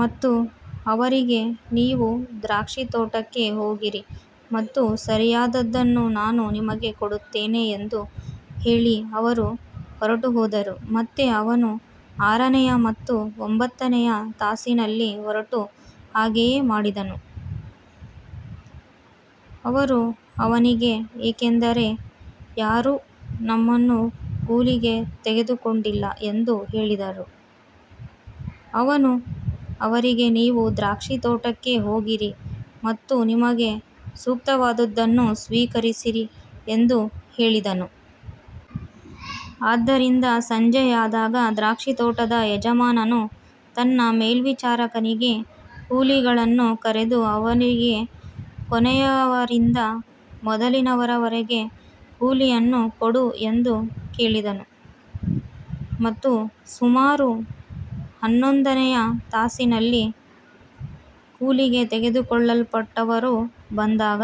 ಮತ್ತು ಅವರಿಗೆ, ನೀವೂ ದ್ರಾಕ್ಷಿತೋಟಕ್ಕೆ ಹೋಗಿರಿ, ಮತ್ತು ಸರಿಯಾದದ್ದನ್ನು ನಾನು ನಿಮಗೆ ಕೊಡುತ್ತೇನೆ ಎಂದು ಹೇಳಿ ಅವರು ಹೊರಟುಹೋದರು. ಮತ್ತೆ ಅವನು ಆರನೆಯ ಮತ್ತು ಒಂಬತ್ತನೆಯ ತಾಸಿನಲ್ಲಿ ಹೊರಟು ಹಾಗೆಯೇ ಮಾಡಿದನು. ಅವರು ಅವನಿಗೆ, ಏಕೆಂದರೆ ಯಾರೂ ನಮ್ಮನ್ನು ಕೂಲಿಗೆ ತೆಗೆದುಕೊಂಡಿಲ್ಲ ಎಂದು ಹೇಳಿದರು. ಅವನು ಅವರಿಗೆ, ನೀವೂ ದ್ರಾಕ್ಷಿತೋಟಕ್ಕೆ ಹೋಗಿರಿ, ಮತ್ತು ನಿಮಗೆ ಸೂಕ್ತವಾದದ್ದನ್ನು ಸ್ವೀಕರಿಸಿರಿ ಎಂದು ಹೇಳಿದನು. ಆದ್ದರಿಂದ ಸಂಜೆಯಾದಾಗ ದ್ರಾಕ್ಷಿತೋಟದ ಯಜಮಾನನು ತನ್ನ ಮೇಲ್ವಿಚಾರಕನಿಗೆ, ಕೂಲಿಗಳನ್ನು ಕರೆದು ಅವರಿಗೆ ಕೊನೆಯವರಿಂದ ಮೊದಲಿನವರವರೆಗೆ ಕೂಲಿಯನ್ನು ಕೊಡು ಎಂದು ಹೇಳಿದನು. ಮತ್ತು ಸುಮಾರು ಹನ್ನೊಂದನೆಯ ತಾಸಿನಲ್ಲಿ ಕೂಲಿಗೆ ತೆಗೆದುಕೊಳ್ಳಲ್ಪಟ್ಟವರು ಬಂದಾಗ,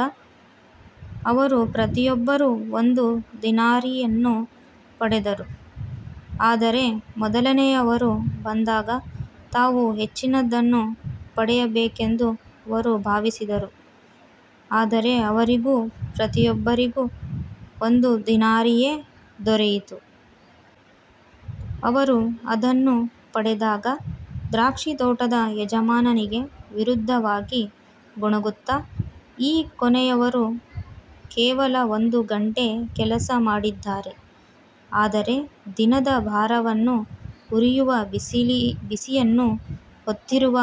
ಅವರು ಪ್ರತಿಯೊಬ್ಬರೂ ಒಂದು ದಿನಾರಿಯನ್ನು ಪಡೆದರು. ಆದರೆ ಮೊದಲನೆಯವರು ಬಂದಾಗ, ತಾವು ಹೆಚ್ಚಿನದನ್ನು ಪಡೆಯಬೇಕೆಂದು ಅವರು ಭಾವಿಸಿದರು, ಆದರೆ ಅವರಿಗೂ ಪ್ರತಿಯೊಬ್ಬರಿಗೂ ಒಂದು ದಿನಾರಿಯೇ ದೊರೆಯಿತು. ಅವರು ಅದನ್ನು ಪಡೆದಾಗ ದ್ರಾಕ್ಷಿತೋಟದ ಯಜಮಾನನಿಗೆ ವಿರುದ್ಧವಾಗಿ ಗೊಣಗುತ್ತಾ, ಈ ಕೊನೆಯವರು ಕೇವಲ ಒಂದು ಗಂಟೆ ಕೆಲಸ ಮಾಡಿದ್ದಾರೆ, ಆದರೆ ದಿನದ ಭಾರವನ್ನೂ ಉರಿಯುವ ಬಿಸಿಯನ್ನೂ ಹೊತ್ತಿರುವ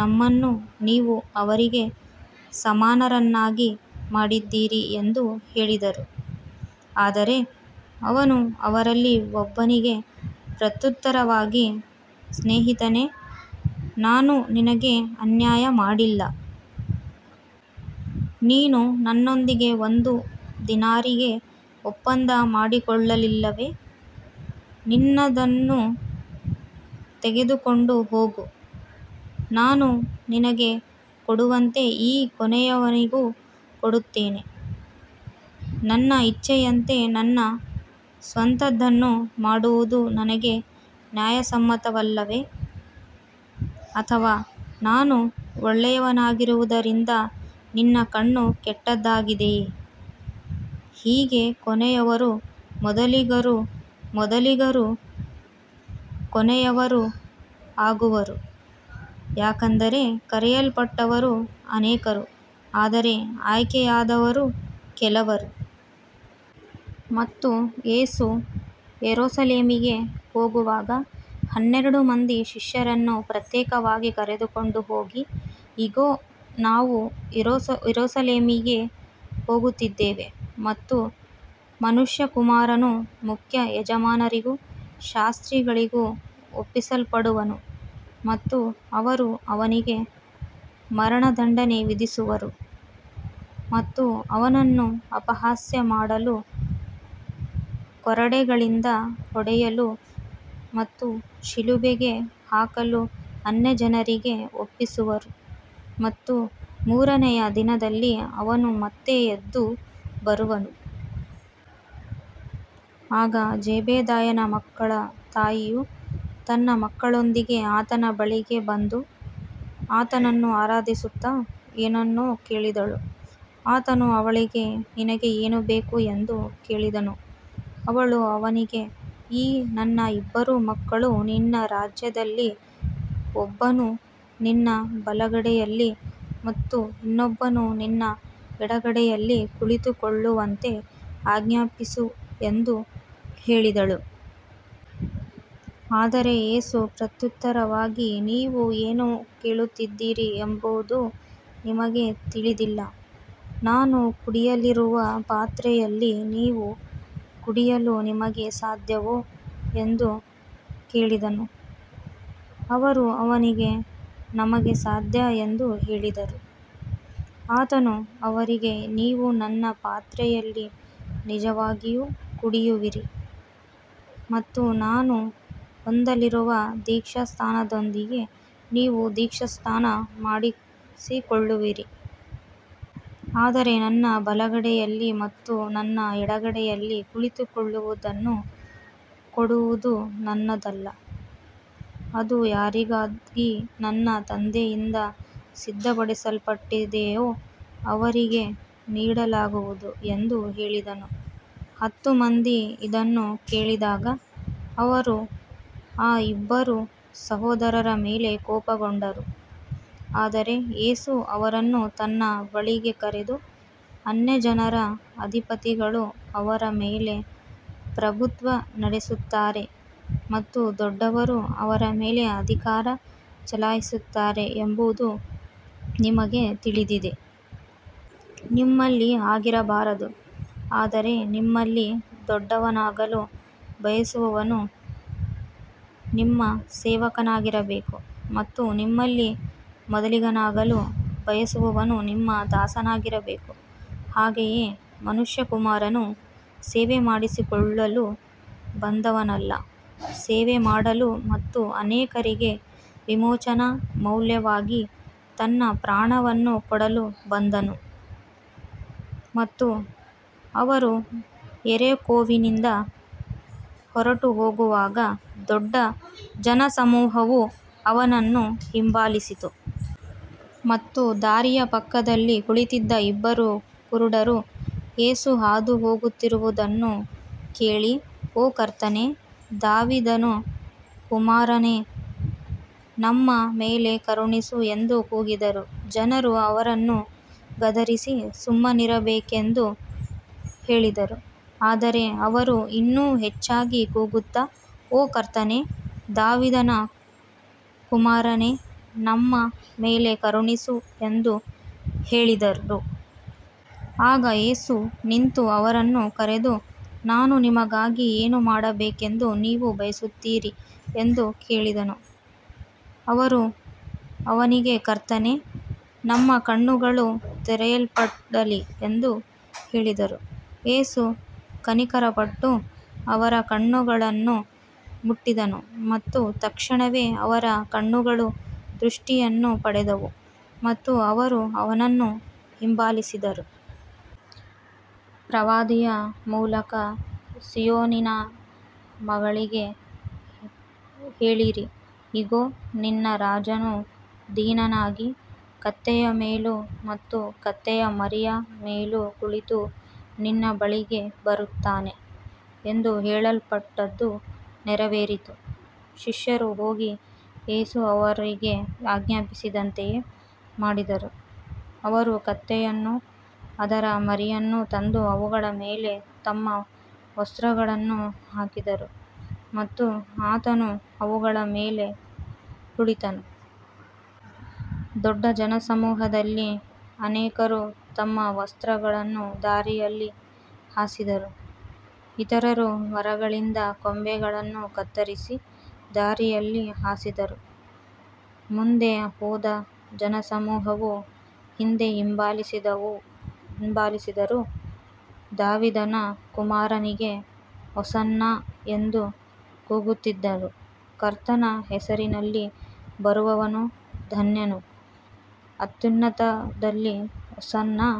ನಮ್ಮನ್ನು ನೀವು ಅವರಿಗೆ ಸಮಾನರನ್ನಾಗಿ ಮಾಡಿದ್ದೀರಿ ಎಂದು ಹೇಳಿದರು. ಆದರೆ ಅವನು ಅವರಲ್ಲಿ ಒಬ್ಬನಿಗೆ ಪ್ರತ್ಯುತ್ತರವಾಗಿ, ಸ್ನೇಹಿತನೇ, ನಾನು ನಿನಗೆ ಅನ್ಯಾಯ ಮಾಡಿಲ್ಲ. ನೀನು ನನ್ನೊಂದಿಗೆ ಒಂದು ದಿನಾರಿಗೆ ಒಪ್ಪಂದ ಮಾಡಿಕೊಳ್ಳಲಿಲ್ಲವೇ. ನಿನ್ನದನ್ನು ತೆಗೆದುಕೊಂಡು ಹೋಗು. ನಾನು ನಿನಗೆ ಕೊಡುವಂತೆ ಈ ಕೊನೆಯವನಿಗೂ ಕೊಡುತ್ತೇನೆ. ನನ್ನ ಇಚ್ಛೆಯಂತೆ ನನ್ನ ಸ್ವಂತದ್ದನ್ನು ಮಾಡುವುದು ನನಗೆ ನ್ಯಾಯಸಮ್ಮತವಲ್ಲವೇ. ಅಥವಾ ನಾನು ಒಳ್ಳೆಯವನಾಗಿರುವುದರಿಂದ ನಿನ್ನ ಕಣ್ಣು ಕೆಟ್ಟದ್ದಾಗಿದೆಯೇ. ಹೀಗೆ ಕೊನೆಯವರು ಮೊದಲಿಗರೂ ಮೊದಲಿಗರು ಕೊನೆಯವರೂ ಆಗುವರು, ಯಾಕಂದರೆ ಕರೆಯಲ್ಪಟ್ಟವರು ಅನೇಕರು, ಆದರೆ ಆಯ್ಕೆಯಾದವರು ಕೆಲವರು. ಮತ್ತು ಯೇಸು ಯೆರೂಸಲೇಮಿಗೆ ಹೋಗುವಾಗ ಹನ್ನೆರಡು ಮಂದಿ ಶಿಷ್ಯರನ್ನು ಪ್ರತ್ಯೇಕವಾಗಿ ಕರೆದುಕೊಂಡು ಹೋಗಿ, ಇಗೋ, ನಾವು ಯೆರೂಸಲೇಮಿಗೆ ಹೋಗುತ್ತಿದ್ದೇವೆ, ಮತ್ತು ಮನುಷ್ಯಕುಮಾರನು ಮುಖ್ಯ ಯಾಜಕರಿಗೂ ಶಾಸ್ತ್ರಿಗಳಿಗೂ ಒಪ್ಪಿಸಲ್ಪಡುವನು, ಮತ್ತು ಅವರು ಅವನಿಗೆ ಮರಣದಂಡನೆ ವಿಧಿಸುವರು. ಮತ್ತು ಅವನನ್ನು ಅಪಹಾಸ್ಯ ಮಾಡಲು, ಕೊರಡೆಗಳಿಂದ ಹೊಡೆಯಲು ಮತ್ತು ಶಿಲುಬೆಗೆ ಹಾಕಲು ಅನ್ಯಜನರಿಗೆ ಒಪ್ಪಿಸುವರು, ಮತ್ತು ಮೂರನೆಯ ದಿನದಲ್ಲಿ ಅವನು ಮತ್ತೆ ಎದ್ದು ಬರುವನು. ಆಗ ಜೆಬೆದಾಯನ ಮಕ್ಕಳ ತಾಯಿಯು ತನ್ನ ಮಕ್ಕಳೊಂದಿಗೆ ಆತನ ಬಳಿಗೆ ಬಂದು, ಆತನನ್ನು ಆರಾಧಿಸುತ್ತಾ ಏನನ್ನೋ ಕೇಳಿದಳು. ಆತನು ಅವಳಿಗೆ, ನಿನಗೆ ಏನು ಬೇಕು ಎಂದು ಕೇಳಿದನು. ಅವಳು ಅವನಿಗೆ, ಈ ನನ್ನ ಇಬ್ಬರು ಮಕ್ಕಳು ನಿನ್ನ ರಾಜ್ಯದಲ್ಲಿ ಒಬ್ಬನು ನಿನ್ನ ಬಲಗಡೆಯಲ್ಲಿ ಮತ್ತು ಇನ್ನೊಬ್ಬನು ನಿನ್ನ ಎಡಗಡೆಯಲ್ಲಿ ಕುಳಿತುಕೊಳ್ಳುವಂತೆ ಆಜ್ಞಾಪಿಸು ಎಂದು ಹೇಳಿದಳು. ಆದರೆ ಯೇಸು ಪ್ರತ್ಯುತ್ತರವಾಗಿ, ನೀವು ಏನು ಕೇಳುತ್ತಿದ್ದೀರಿ ಎಂಬುದು ನಿಮಗೆ ತಿಳಿದಿಲ್ಲ. ನಾನು ಕುಡಿಯಲಿರುವ ಪಾತ್ರೆಯಲ್ಲಿ ನೀವು ಕುಡಿಯಲು ನಿಮಗೆ ಸಾಧ್ಯವೋ ಎಂದು ಕೇಳಿದನು. ಅವರು ಅವನಿಗೆ, ನಮಗೆ ಸಾಧ್ಯ ಎಂದು ಹೇಳಿದರು. ಆತನು ಅವರಿಗೆ, ನೀವು ನನ್ನ ಪಾತ್ರೆಯಲ್ಲಿ ನಿಜವಾಗಿಯೂ ಕುಡಿಯುವಿರಿ, ಮತ್ತು ನಾನು ಹೊಂದಲಿರುವ ದೀಕ್ಷಾಸ್ನಾನದೊಂದಿಗೆ ನೀವು ದೀಕ್ಷಾಸ್ನಾನ ಮಾಡಿಸಿಕೊಳ್ಳುವಿರಿ. ಆದರೆ ನನ್ನ ಬಲಗಡೆಯಲ್ಲಿ ಮತ್ತು ನನ್ನ ಎಡಗಡೆಯಲ್ಲಿ ಕುಳಿತುಕೊಳ್ಳುವುದನ್ನು ಕೊಡುವುದು ನನ್ನದಲ್ಲ. ಅದು ಯಾರಿಗಾಗಿ ನನ್ನ ತಂದೆಯಿಂದ ಸಿದ್ಧಪಡಿಸಲ್ಪಟ್ಟಿದೆಯೋ ಅವರಿಗೆ ನೀಡಲಾಗುವುದು ಎಂದು ಹೇಳಿದನು. ಹತ್ತು ಮಂದಿ ಇದನ್ನು ಕೇಳಿದಾಗ, ಅವರು ಆ ಇಬ್ಬರು ಸಹೋದರರ ಮೇಲೆ ಕೋಪಗೊಂಡರು. ಆದರೆ ಯೇಸು ಅವರನ್ನು ತನ್ನ ಬಳಿಗೆ ಕರೆದು, ಅನ್ಯಜನರ ಅಧಿಪತಿಗಳು ಅವರ ಮೇಲೆ ಪ್ರಭುತ್ವ ನಡೆಸುತ್ತಾರೆ ಮತ್ತು ದೊಡ್ಡವರು ಅವರ ಮೇಲೆ ಅಧಿಕಾರ ಚಲಾಯಿಸುತ್ತಾರೆ ಎಂಬುದು ನಿಮಗೆ ತಿಳಿದಿದೆ. ನಿಮ್ಮಲ್ಲಿ ಹಾಗಿರಬಾರದು. ಆದರೆ ನಿಮ್ಮಲ್ಲಿ ದೊಡ್ಡವನಾಗಲು ಬಯಸುವವನು ನಿಮ್ಮ ಸೇವಕನಾಗಿರಬೇಕು. ಮತ್ತು ನಿಮ್ಮಲ್ಲಿ ಮೊದಲಿಗನಾಗಲು ಬಯಸುವವನು ನಿಮ್ಮ ದಾಸನಾಗಿರಬೇಕು. ಹಾಗೆಯೇ ಮನುಷ್ಯಕುಮಾರನು ಸೇವೆ ಮಾಡಿಸಿಕೊಳ್ಳಲು ಬಂದವನಲ್ಲ, ಸೇವೆ ಮಾಡಲು ಮತ್ತು ಅನೇಕರಿಗೆ ವಿಮೋಚನಾ ಮೌಲ್ಯವಾಗಿ ತನ್ನ ಪ್ರಾಣವನ್ನು ಕೊಡಲು ಬಂದನು. ಮತ್ತು ಅವರು ಯೆರಿಕೋವಿನಿಂದ ಹೊರಟುಹೋಗುವಾಗ ದೊಡ್ಡ ಜನಸಮೂಹವು ಅವನನ್ನು ಹಿಂಬಾಲಿಸಿತು. ಮತ್ತು ದಾರಿಯ ಪಕ್ಕದಲ್ಲಿ ಕುಳಿತಿದ್ದ ಇಬ್ಬರು ಕುರುಡರು, ಯೇಸು ಹಾದುಹೋಗುತ್ತಿರುವುದನ್ನು ಕೇಳಿ, ಓ ಕರ್ತನೇ, ದಾವೀದನ ಕುಮಾರನೇ, ನಮ್ಮ ಮೇಲೆ ಕರುಣಿಸು ಎಂದು ಕೂಗಿದರು. ಜನರು ಅವರನ್ನು ಗದರಿಸಿ ಸುಮ್ಮನಿರಬೇಕೆಂದು ಹೇಳಿದರು. ಆದರೆ ಅವರು ಇನ್ನೂ ಹೆಚ್ಚಾಗಿ ಕೂಗುತ್ತಾ, ಓ ಕರ್ತನೇ, ದಾವೀದನ ಕುಮಾರನೇ, ನಮ್ಮ ಮೇಲೆ ಕರುಣಿಸು ಎಂದು ಹೇಳಿದರು. ಆಗ ಯೇಸು ನಿಂತು ಅವರನ್ನು ಕರೆದು, ನಾನು ನಿಮಗಾಗಿ ಏನು ಮಾಡಬೇಕೆಂದು ನೀವು ಬಯಸುತ್ತೀರಿ ಎಂದು ಕೇಳಿದನು. ಅವರು ಅವನಿಗೆ, ಕರ್ತನೇ, ನಮ್ಮ ಕಣ್ಣುಗಳು ತೆರೆಯಲ್ಪಡಲಿ ಎಂದು ಹೇಳಿದರು. ಯೇಸು ಕನಿಕರಪಟ್ಟು ಅವರ ಕಣ್ಣುಗಳನ್ನು ಮುಟ್ಟಿದನು, ಮತ್ತು ತಕ್ಷಣವೇ ಅವರ ಕಣ್ಣುಗಳು ದೃಷ್ಟಿಯನ್ನು ಪಡೆದವು, ಮತ್ತು ಅವರು ಅವನನ್ನು ಹಿಂಬಾಲಿಸಿದರು. ಪ್ರವಾದಿಯ ಮೂಲಕ, ಸೀಯೋನಿನ ಮಗಳಿಗೆ ಹೇಳಿರಿ, ಇಗೋ, ನಿನ್ನ ರಾಜನು ದೀನನಾಗಿ, ಕತ್ತೆಯ ಮೇಲೂ ಮತ್ತು ಕತ್ತೆಯ ಮರಿಯ ಮೇಲೂ ಕುಳಿತು ನಿನ್ನ ಬಳಿಗೆ ಬರುತ್ತಾನೆ ಎಂದು ಹೇಳಲ್ಪಟ್ಟದ್ದು ನೆರವೇರಿತು. ಶಿಷ್ಯರು ಹೋಗಿ ಯೇಸು ಅವರಿಗೆ ಆಜ್ಞಾಪಿಸಿದಂತೆಯೇ ಮಾಡಿದರು. ಅವರು ಕತ್ತೆಯನ್ನೂ ಅದರ ಮರಿಯನ್ನೂ ತಂದು ಅವುಗಳ ಮೇಲೆ ತಮ್ಮ ವಸ್ತ್ರಗಳನ್ನು ಹಾಕಿದರು, ಮತ್ತು ಆತನು ಅವುಗಳ ಮೇಲೆ ಕುಳಿತನು. ದೊಡ್ಡ ಜನಸಮೂಹದಲ್ಲಿ ಅನೇಕರು ತಮ್ಮ ವಸ್ತ್ರಗಳನ್ನು ದಾರಿಯಲ್ಲಿ ಹಾಸಿದರು, ಇತರರು ಮರಗಳಿಂದ ಕೊಂಬೆಗಳನ್ನು ಕತ್ತರಿಸಿ ದಾರಿಯಲ್ಲಿ ಹಾಸಿದರು. ಮುಂದೆ ಹೋದ ಜನಸಮೂಹವೂ ಹಿಂದೆ ಹಿಂಬಾಲಿಸಿದವರೂ, ದಾವೀದನ ಕುಮಾರನಿಗೆ ಹೊಸನ್ನಾ ಎಂದು ಕೂಗುತ್ತಿದ್ದರು. ಕರ್ತನ ಹೆಸರಿನಲ್ಲಿ ಬರುವವನು ಧನ್ಯನು. ಅತ್ಯುನ್ನತದಲ್ಲಿ ಹೊಸನ್ನಾ.